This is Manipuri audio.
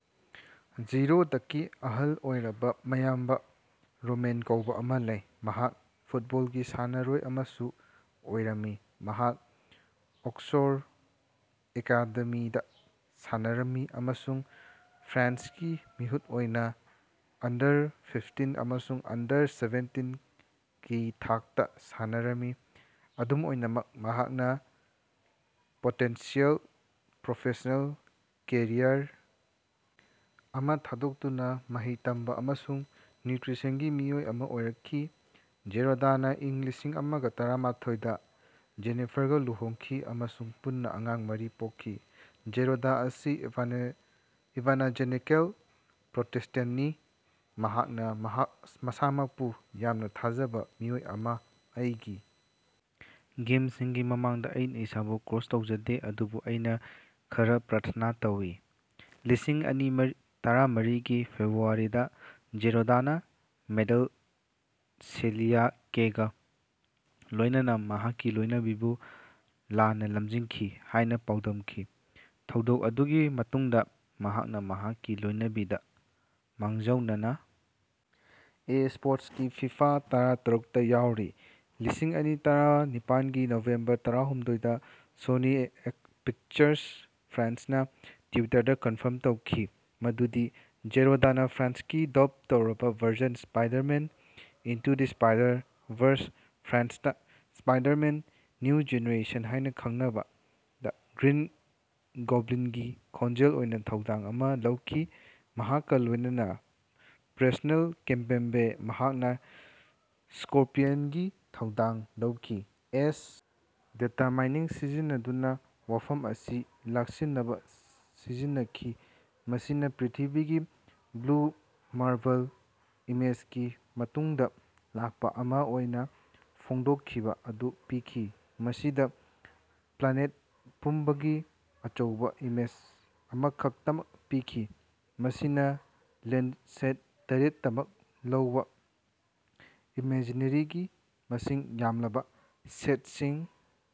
ꯖꯤꯔꯣꯗꯀꯤ ꯑꯍꯜ ꯑꯣꯏꯔꯕ ꯃꯌꯥꯝꯕ ꯔꯣꯃꯦꯟ ꯀꯧꯕ ꯑꯃ ꯂꯩ, ꯃꯍꯥꯛ ꯐꯨꯠꯕꯣꯜꯒꯤ ꯁꯥꯟꯅꯔꯣꯏ ꯑꯃꯁꯨ ꯑꯣꯏꯔꯝꯃꯤ, ꯃꯍꯥꯛ ꯑꯣꯛꯁꯔꯦ ꯑꯦꯀꯥꯗꯦꯃꯤꯗꯥ ꯁꯥꯟꯅꯔꯝꯃꯤ ꯑꯃꯁꯨꯡ ꯐ꯭ꯔꯥꯟꯁꯀꯤ ꯃꯤꯍꯨꯠ ꯑꯣꯏꯅꯥ ꯑꯟꯗꯔ-ꯐꯤꯐꯇꯤꯟ ꯑꯃꯁꯨꯡ ꯑꯟꯗꯔ-ꯁꯦꯚꯦꯟꯇꯤꯟ ꯀꯤ ꯊꯥꯛꯇ ꯁꯥꯟꯅꯔꯝꯃꯤ, ꯑꯗꯨꯝ ꯑꯣꯏꯅꯃꯛ ꯃꯍꯥꯛꯅꯥ ꯄꯣꯇꯦꯟꯁꯤꯌꯦꯜ ꯄ꯭ꯔꯣꯐꯦꯁ꯭ꯅꯦꯜ ꯀꯦꯔꯤꯌꯔ ꯑꯃꯥ ꯊꯥꯗꯣꯛꯇꯨꯅ ꯃꯍꯩ ꯇꯝꯕ ꯑꯃꯁꯨꯡ ꯅ꯭ꯌꯨꯇ꯭ꯔꯤꯁꯟꯒꯤ ꯃꯤꯑꯣꯏ ꯑꯃꯥ ꯑꯣꯏꯔꯛꯈꯤ꯫ ꯖꯤꯔꯣꯗꯅꯥ ꯏꯪ ꯂꯤꯁꯤꯡ ꯑꯃꯒ ꯇꯔꯥꯃꯥꯊꯣꯏ ꯗ ꯖꯦꯅꯤꯐꯥꯔꯒ ꯂꯨꯍꯣꯡꯈꯤ ꯑꯃꯁꯨꯡ ꯄꯨꯟꯅꯥ ꯑꯉꯥꯡ ꯃꯔꯤ ꯄꯣꯛꯈꯤ꯫ ꯖꯤꯔꯣꯗ ꯑꯁꯤ ꯏꯚꯥꯅꯖꯦꯂꯤꯀꯦꯜ ꯄ꯭ꯔꯣꯇꯦꯁ꯭ꯇꯦꯟꯇꯅꯤ꯫ ꯃꯍꯥꯛꯅꯥ ꯃꯁꯥꯃꯛꯄꯨ "ꯌꯥꯝꯅ ꯊꯥꯖꯕ ꯃꯤꯑꯣꯏ ꯑꯃꯥ ꯑꯩꯒꯤ ꯒꯦꯝꯁꯤꯡꯒꯤ ꯃꯃꯥꯡꯗꯥ ꯑꯩꯅꯥ ꯏꯁꯥꯕꯨ ꯀ꯭ꯔꯣꯁ ꯇꯧꯖꯗꯦ ꯑꯗꯨꯕꯨ ꯑꯩꯅꯥ ꯈꯔꯥ ꯄ꯭ꯔꯥꯊꯅꯥ ꯇꯧꯏ"꯫ ꯂꯤꯁꯤꯡ ꯑꯅꯤ ꯇꯔꯥꯃꯥꯔꯤꯒꯤ ꯐꯦꯕ꯭ꯔꯨꯋꯥꯔꯤꯗꯥ ꯖꯤꯔꯣꯗꯅꯥ ꯃꯣꯗꯦꯜ ꯁꯦꯂꯤꯌꯥ ꯀꯦꯒ ꯂꯣꯏꯅꯅꯥ ꯃꯍꯥꯛꯀꯤ ꯂꯣꯏꯅꯕꯤꯕꯨ ꯂꯥꯟꯅꯥ ꯂꯝꯖꯤꯡꯈꯤ ꯍꯥꯏꯅꯥ ꯄꯥꯎꯗꯝꯈꯤ꯫ ꯊꯧꯗꯣꯛ ꯑꯗꯨꯒꯤ ꯃꯇꯨꯡꯗꯥ ꯃꯍꯥꯛꯅꯥ ꯃꯍꯥꯛꯀꯤ ꯂꯣꯏꯅꯕꯤꯗ ꯃꯥꯡꯖꯧꯅꯅ ꯑꯦ. ꯁ꯭ꯄꯣꯔꯇꯁꯀꯤ ꯐꯤꯐꯥ ꯇꯔꯥ ꯇꯔꯨꯛꯇ ꯌꯥꯎꯔꯤ꯫ ꯂꯤꯁꯤꯡ ꯑꯅꯤ ꯇꯔꯥ ꯅꯤꯄꯥꯟꯒꯤ ꯅꯕꯦꯝꯕꯔ ꯇꯔꯥꯍꯨꯝꯗꯣꯏꯗ ꯁꯣꯅꯤ ꯄꯤꯛꯆꯔꯁ ꯐ꯭ꯔꯥꯟꯁꯅꯥ ꯇ꯭ꯋꯤꯇꯔꯗꯥ ꯀꯟꯐꯔꯝ ꯇꯧꯈꯤ ꯃꯗꯨꯗꯤ ꯖꯤꯔꯣꯗꯅꯥ ꯐ꯭ꯔꯥꯟꯁꯀꯤ ꯗꯥꯕ ꯇꯧꯔꯕꯥ version Spider-Man: into the Spider-Verse (ꯐ꯭ꯔꯥꯟꯁꯇꯥ ꯁ꯭ꯄꯥꯏꯗꯥꯔꯃꯦꯟ: ꯅ꯭ꯌꯨ ꯖꯦꯅꯦꯔꯦꯁꯟ ꯍꯥꯏꯅꯥ ꯈꯪꯅꯕꯥ)ꯗ ꯒ꯭ꯔꯤꯟ ꯒꯣꯕꯂꯤꯟꯒꯤ ꯈꯣꯟꯖꯦꯜ ꯑꯣꯏꯅꯥ ꯊꯧꯗꯥꯡ ꯑꯃꯥ ꯂꯧꯈꯤ꯫ ꯃꯍꯥꯛꯀꯥ ꯂꯣꯏꯅꯅꯥ ꯄ꯭ꯔꯦꯁꯅꯦꯜ ꯀꯤꯝꯄꯦꯝꯕꯦ, ꯃꯍꯥꯛꯅꯥ ꯁ꯭ꯀꯣꯔꯄꯤꯌꯟꯒꯤ ꯊꯧꯗꯥꯡ ꯂꯧꯈꯤ꯫ ꯑꯦꯁ. ꯗꯦꯇꯥꯃꯥꯏꯅꯤꯡ ꯁꯤꯖꯤꯟꯅꯗꯨꯅꯥ ꯋꯥꯐꯝ ꯑꯁꯤ ꯂꯥꯛꯁꯤꯟꯅꯕꯥ ꯁꯤꯖꯤꯟꯅꯈꯤ, ꯃꯁꯤꯅꯥ ꯄ꯭ꯔꯤꯊꯤꯕꯤꯒꯤ ꯕ꯭ꯂꯨ ꯃꯥꯔꯕꯜ ꯏꯃꯦꯖꯒꯤ ꯃꯇꯨꯡꯗꯥ ꯂꯥꯛꯄꯥ ꯑꯃꯥ ꯑꯣꯏꯅꯥ ꯐꯣꯡꯗꯣꯛꯈꯤꯕꯥ ꯑꯗꯨ ꯄꯤꯈꯤ, ꯃꯁꯤꯗꯥ ꯄ꯭ꯂꯥꯅꯦꯠ ꯄꯨꯝꯕꯒꯤ ꯑꯆꯧꯕꯥ ꯏꯃꯦꯖ ꯑꯃꯈꯛꯇꯃꯛ ꯄꯤꯈꯤ꯫ ꯃꯁꯤ ꯂꯦꯟꯗ꯭ꯁꯦꯠ ꯇꯔꯦꯠꯇꯒꯤ ꯂꯧꯕꯥ ꯏꯃꯖꯤꯅꯔꯤꯒꯤ ꯃꯁꯤꯡ ꯌꯥꯝꯂꯕꯥ ꯁꯦꯠꯁꯤꯡ